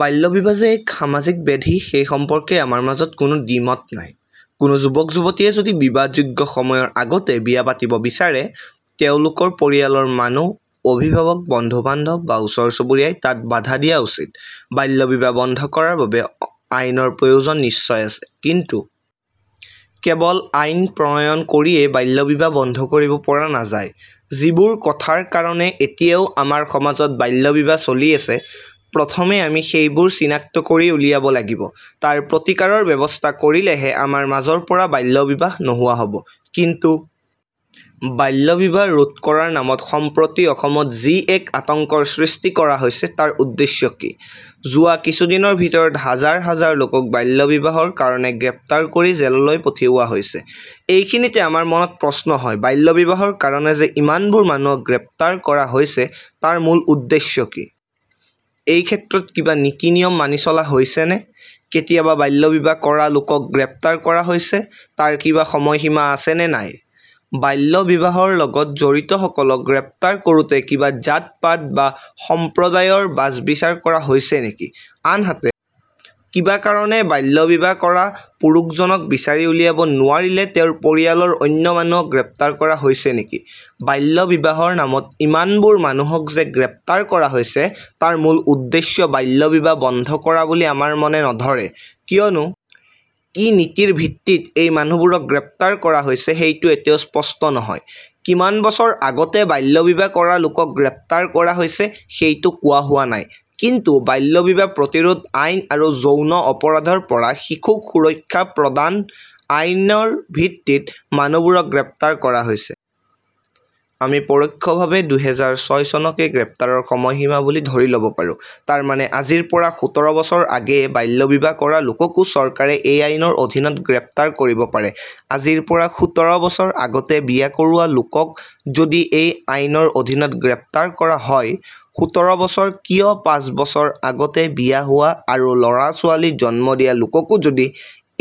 বাল্য বিবাহ যে এক সামাজিক ব্যাধি সেই সম্পৰ্কে আমাৰ মাজত কোনো দ্বি-মত নাই। কোনো যুৱক-যুৱতীয়ে যদি বিবাহযোগ্য সময়ৰ আগতে বিয়া পাতিব বিচাৰে তেওঁলোকৰ পৰিয়ালৰ মানুহ অভিভাৱক বন্ধু-বান্ধৱ বা ওচৰ-চুবুৰীয়াই তাত বাধা দিয়া উচিত। বাল্য বিবাহ বন্ধ কৰাৰ বাবে আইনৰ প্ৰয়োজন নিশ্চয় আছে। কিন্তু কেৱল আইন প্ৰণয়ন কৰিয়ে বাল্য বিবাহ বন্ধ কৰিব পৰা নাযায়। যিবোৰ কথাৰ কাৰণে এতিয়াও আমাৰ সমাজত বাল্য বিবাহ চলি আছে প্ৰথমে আমি সেইবোৰ চিনাক্ত কৰি উলিয়াব লাগিব। তাৰ প্ৰতিকাৰৰ ব্যৱস্থা কৰিলেহে আমাৰ মাজৰ পৰা বাল্য বিবাহ নোহোৱা হ'ব। কিন্তু বাল্য বিবাহ ৰোধ কৰাৰ নামত সম্প্ৰতি অসমত যি এক আতংকৰ সৃষ্টি কৰা হৈছে তাৰ উদ্দেশ্য কি ?যোৱা কিছুদিনৰ ভিতৰত হাজাৰ হাজাৰ লোকক বাল্য বিবাহৰ কাৰণে গ্ৰেপ্তাৰ কৰি জেললৈ পঠিওৱা হৈছে। এইখিনিতে আমাৰ মনত প্ৰশ্ন হয় বাল্য বিবাহৰ কাৰণে যে ইমানবোৰ মানুহক গ্ৰেপ্তাৰ কৰা হৈছে তাৰ মূল উদ্দেশ্য কি? এই ক্ষেত্ৰত কিবা নীতি-নিয়ম মানি চলা হৈছেনে ?কেতিয়া বাল্য বিবাহ কৰা লোকক গ্ৰেপ্তাৰ কৰা হৈছে তাৰ কিবা সময়সীমা আছে নে নাই ?বাল্য বিবাহৰ লগত জড়িত সকলক গ্ৰেপ্তাৰ কৰোঁতে কিবা জাত-পাত বা সম্প্ৰদায়ৰ বাচ-বিচাৰ কৰা হৈছে নেকি ?আনহাতে কিবা কাৰণে বাল্য বিবাহ কৰা পুৰুষজনক বিচাৰি উলিয়াব নোৱাৰিলে তেওঁৰ পৰিয়ালৰ অন্য মানুহক গ্ৰেপ্তাৰ কৰা হৈছে নেকি? বাল্য বিবাহৰ নামত ইমানবোৰ মানুহক যে গ্ৰেপ্তাৰ কৰা হৈছে তাৰ মূল উদ্দেশ্য বাল্য বিবাহ বন্ধ কৰা বুলি আমাৰ মনে নধৰে। কিয়নো কি নীতিৰ ভিত্তিত এই মানুহবোৰক গ্ৰেপ্তাৰ কৰা হৈছে সেইটো এতিয়াও স্পষ্ট নহয়। কিমান বছৰ আগতে বাল্য বিবাহ কৰা লোকক গ্ৰেপ্তাৰ কৰা হৈছে সেইটো কোৱা হোৱা নাই। কিন্তু বাল্য বিবাহ প্ৰতিৰোধ আইন আৰু যৌন অপৰাধৰ পৰা শিশুক সুৰক্ষা প্ৰদান আইনৰ ভিত্তিত মানুহবোৰক গ্ৰেপ্তাৰ কৰা হৈছে। আমি পৰোক্ষভাবে দুহেজাৰ ছয় চনকে গ্ৰেপ্তাৰৰ সময় সীমা বুলি ধৰি ল'ব পাৰোঁ। তাৰমানে আজিৰ পৰা সোতৰ বছৰ আগেয়ে বাল্য বিবাহ কৰা লোককো চৰকাৰে এই আইনৰ অধীনত গ্ৰেপ্তাৰ কৰিব পাৰে ।আজিৰ পৰা সুতৰ বছৰ আগতে বিয়া কৰোৱা লোকক যদি এই আইনৰ অধীনত গ্ৰেপ্তাৰ কৰা হয় সোতৰ বছৰ কিয় পাঁচ বছৰ আগতে বিয়া হোৱা আৰু ল'ৰা-ছোৱালী জন্ম দিয়া লোককো যদি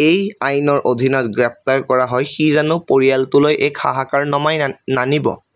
এই আইনৰ অধীনত গ্ৰেপ্তাৰ কৰা হয় সি জানো পৰিয়ালটোলৈ এক হাহাকাৰ নমাই নানিব ।